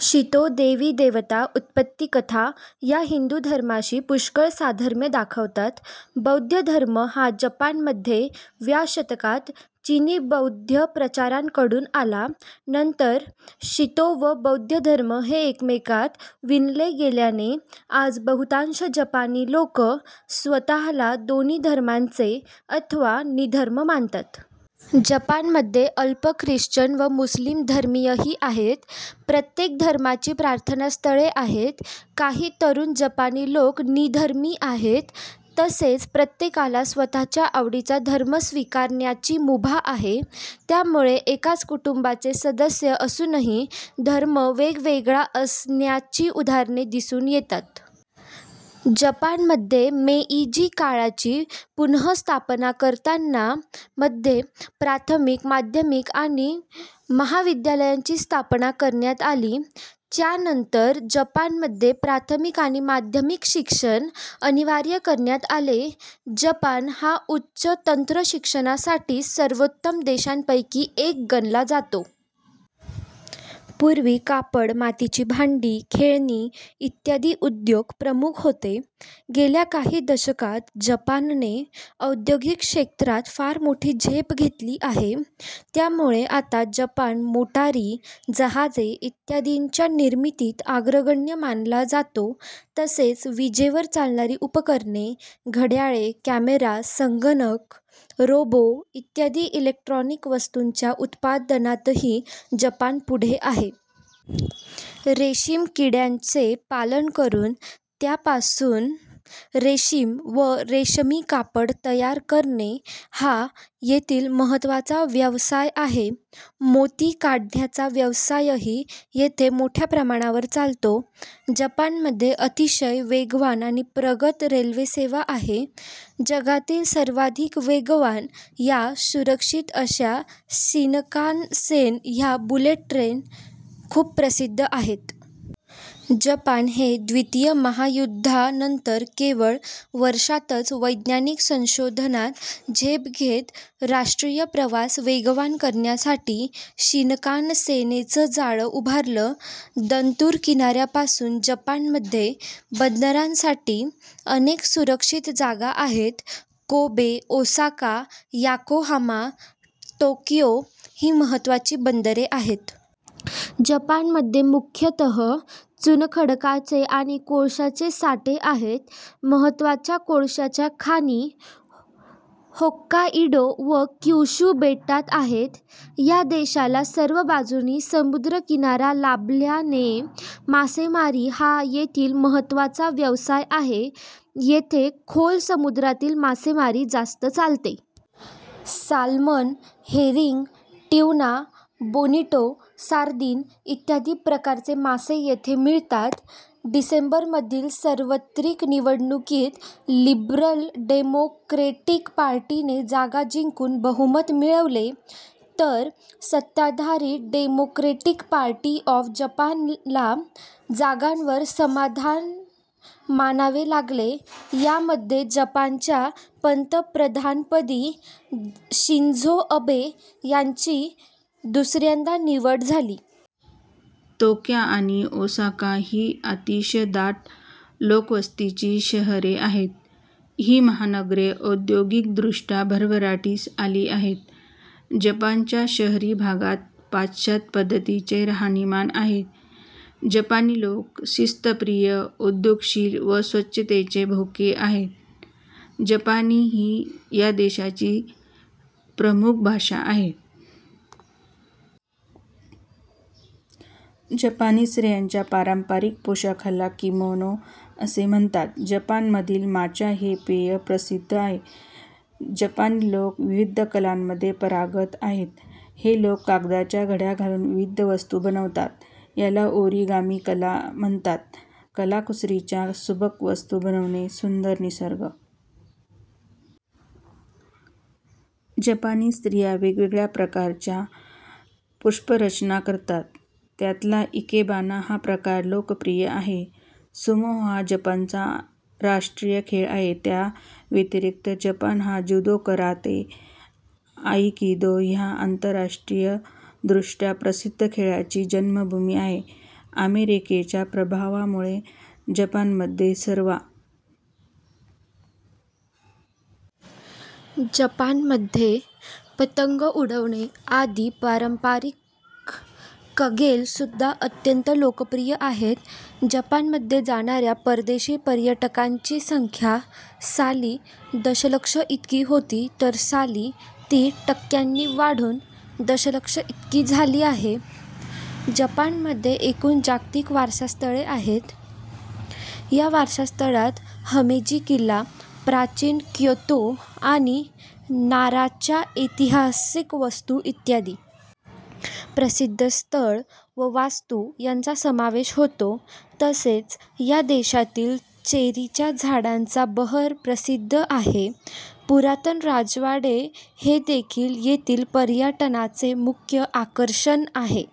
Shinto देवी देवता, उत्पत्ति कथा ह्या हिंदू धर्माशी पुष्कळ साधर्म्य दाखवतात. बौद्ध धर्म हा जपान मध्ये व्या शतकात चीनी बौद्ध प्रचारकांकडून आला. नंतर शिंतो व बौद्ध धर्म हे एकमेकात विणले गेल्याने आज बहुतांश जपानी लोक स्वतःला दोन्ही धर्मांचे अथवा निधर्मी मानतात. जपानमध्ये अल्प ख्रिश्चन व मुस्लिम धर्मीयही आहेत. प्रत्येक धर्माची प्रार्थनास्थळे आहेत. काही तरुण जपानी लोक निधर्मी आहेत तसेच प्रत्येकाला स्वतःच्या आवडीचा धर्म स्वीकारण्याची मुभा आहे. त्यामुळे एकाच कुटुंबाचे सदस्य असूनही धर्म वेगवेगळा असण्याची उदाहरणे दिसून येतात. जपान मध्ये मेइजि काळाची पुनःस्थापन करताना मध्ये प्राथमिक, माध्यमिक आणि महाविद्यलयांची स्थापना करण्यात आली. च्या नंतर जपान मध्ये प्राथमिक आणि माध्यमिक शिक्षण अनिवार्य करण्यात आले. जपान हा उच्च तंत्रशिक्षणासाठी सर्वोत्तम देशांपैकी एक गणला जातो। पूर्वी कापड, मातीची भांडी, खेळणी इत्यादी उद्योग प्रमुख होते. गेल्या काही दशकात जपानने औद्योगिक क्षेत्रात फार मोठी झेप घेतली आहे. त्यामुळे आता जपान मोटारी, जहाजे इत्यादींच्या निर्मितीत अग्रगण्य मानला जातो. तसेच विजेवर चालणारी उपकरणे, घड्याळे, कॅमेरा, संगणक, रोबो इत्यादी इलेक्ट्रोनिक वस्तूंच्या उत्पादनातही जपान पुढे आहे. रेशमी किड्यांचे पालन करून त्य्पासून रेशीम व रेशमी कापड तयार करणे हा येथील महत्त्वाचा व्यवसाय आहे. मोती काढण्याचा व्यवसायही येथे मोठ्या प्रमाणावर चालतो. जपानमध्ये अतिशय वेगवान आणि प्रगत रेल्वेसेवा आहे. जगातील सर्वाधिक वेगवान या सुरक्षित अश्या शिनकानसेन ह्या बुलेट ट्रेन खूप प्रसिद्ध आहे. जपान ने द्वितीय महायुद्धा नंतर केवळ वर्षातच वैज्ञानिक संशोधनात झेप घेत राष्ट्रीय प्रवास वेगवान करण्यासाठी, शिनकानसेनचं जाळं उभारलं. दंतुर किनाऱ्यामुळे जपानमध्ये बंदारांसाठी अनेक सुरक्षित जागा आहेत. कोबे, ओसाका, याकोहामा, तोक्यो ही महत्त्वाची बंदरे आहेत. जपानमध्ये मुख्यतः चुनखडकाचे आणि कोळशाचे साठे आहेत. महत्त्वाच्या कोळशाच्या खाणी होक्काइडो व क्युशु बेटांत आहेत. या देशाला सर्व बाजूनी समुद्रकिनारा लाभल्याने मासेमारी हा येथील महत्त्वाचा व्यवसाय आहे. येथे खोल समुद्रातील मासेमारी जास्त चालते. Salmon, herring, tuna, bonito, sardine इत्यादी प्रकारचे मासे येथे मिळतात. डिसेंबर मधील सार्वत्रिक निवडणुकीत लिबरल डेमोक्रॅटिक पार्टीने जागा जिंकून बहुमत मिळविले; तर सत्ताधारी डेमोक्रॅटिक पार्टी ऑफ जपानला जागांवर समाधान मानावे लागले. यामध्ये जपानच्या पंतप्रधानपदी शिंझो अबे यांची दुसऱ्यांदा निवड झाली. तोक्यो आणि ओसाका ही अतिशय दाट लोकवस्तीची शहरे आहेत. ही महानगरे औद्योगिक दृष्ट्या भरभराटीस आली आहेत. जपानच्या शहरी भागात पाश्चात्य पद्धतीचे राहणीमान आहे. जपानी लोक शिस्तप्रिय, उद्योगशील व स्वच्छतेचे भोक्ते आहेत. जपानी ही या देशाची प्रमुख भाषा आहे. जपानी स्त्रियांच्या पारंपारिक पोशाखाला किमोनो असे म्हणतात. जपानमधील माचा हे पेय प्रसिद्ध आहे. जपानी लोक विविध कलांमध्ये पारंगत आहेत. हे लोक कागदाच्या घड्या घालून विविध वस्तू बनवतात. याला ओरिगामी कला म्हणतात. कलाकुसरीच्या सुबक वस्तू बनवणे, सुंदर निसर्ग चित्र काढणे, आकर्षक खेळणी बनवणे यांत हे लोक कुशल आहेत. जपानी स्त्रिया वेगवेगळ्या प्रकारच्या पुष्परचना करतात. त्यातला इकेबाना हा प्रकार लोकप्रिय आहे. सुमो हा जपानचा राष्ट्रीय खेळ आहे. त्या व्यतिरिक्त जपान हे ज्यूदो, काराते, आइकिदो ह्या आंतरराष्ट्रीय दृष्ट्या प्रसिद्ध खेळांची जन्मभूमी आहे. अमेरिकेच्या प्रभावामुळे जपान मध्ये सर्वात लोकप्रिय खेळ हा बेसबॉल आहे. जपानमध्ये पतंग उडवणे आदि पारंपरिक कगेल सुद्धा अत्यंत लोकप्रिय आहेत. जपानमध्ये जाणाऱ्या परदेशी पर्यटकांची संख्या साली दशलक्ष इतकी होती तर साली ती टक्क्यांनी वाढून दशलक्ष इतकी झाली आहे. जपानमध्ये एकूण जागतिक वारसास्थळे आहेत, या वारसास्थळात हिमेजी किल्ला, प्राचीन क्योतो आणि नाराच्या ऐतिहासिक वास्तू इत्यादी. प्रसिद्ध स्थळ व वास्तू यांचा समावेश होतो. तसेच या देशातील चेरीच्या झाडांचा बहर प्रसिद्ध आहे. पुरातन राजवाडे हेदेखील येथील पर्यटनाचे मुख्य आकर्षण आहे.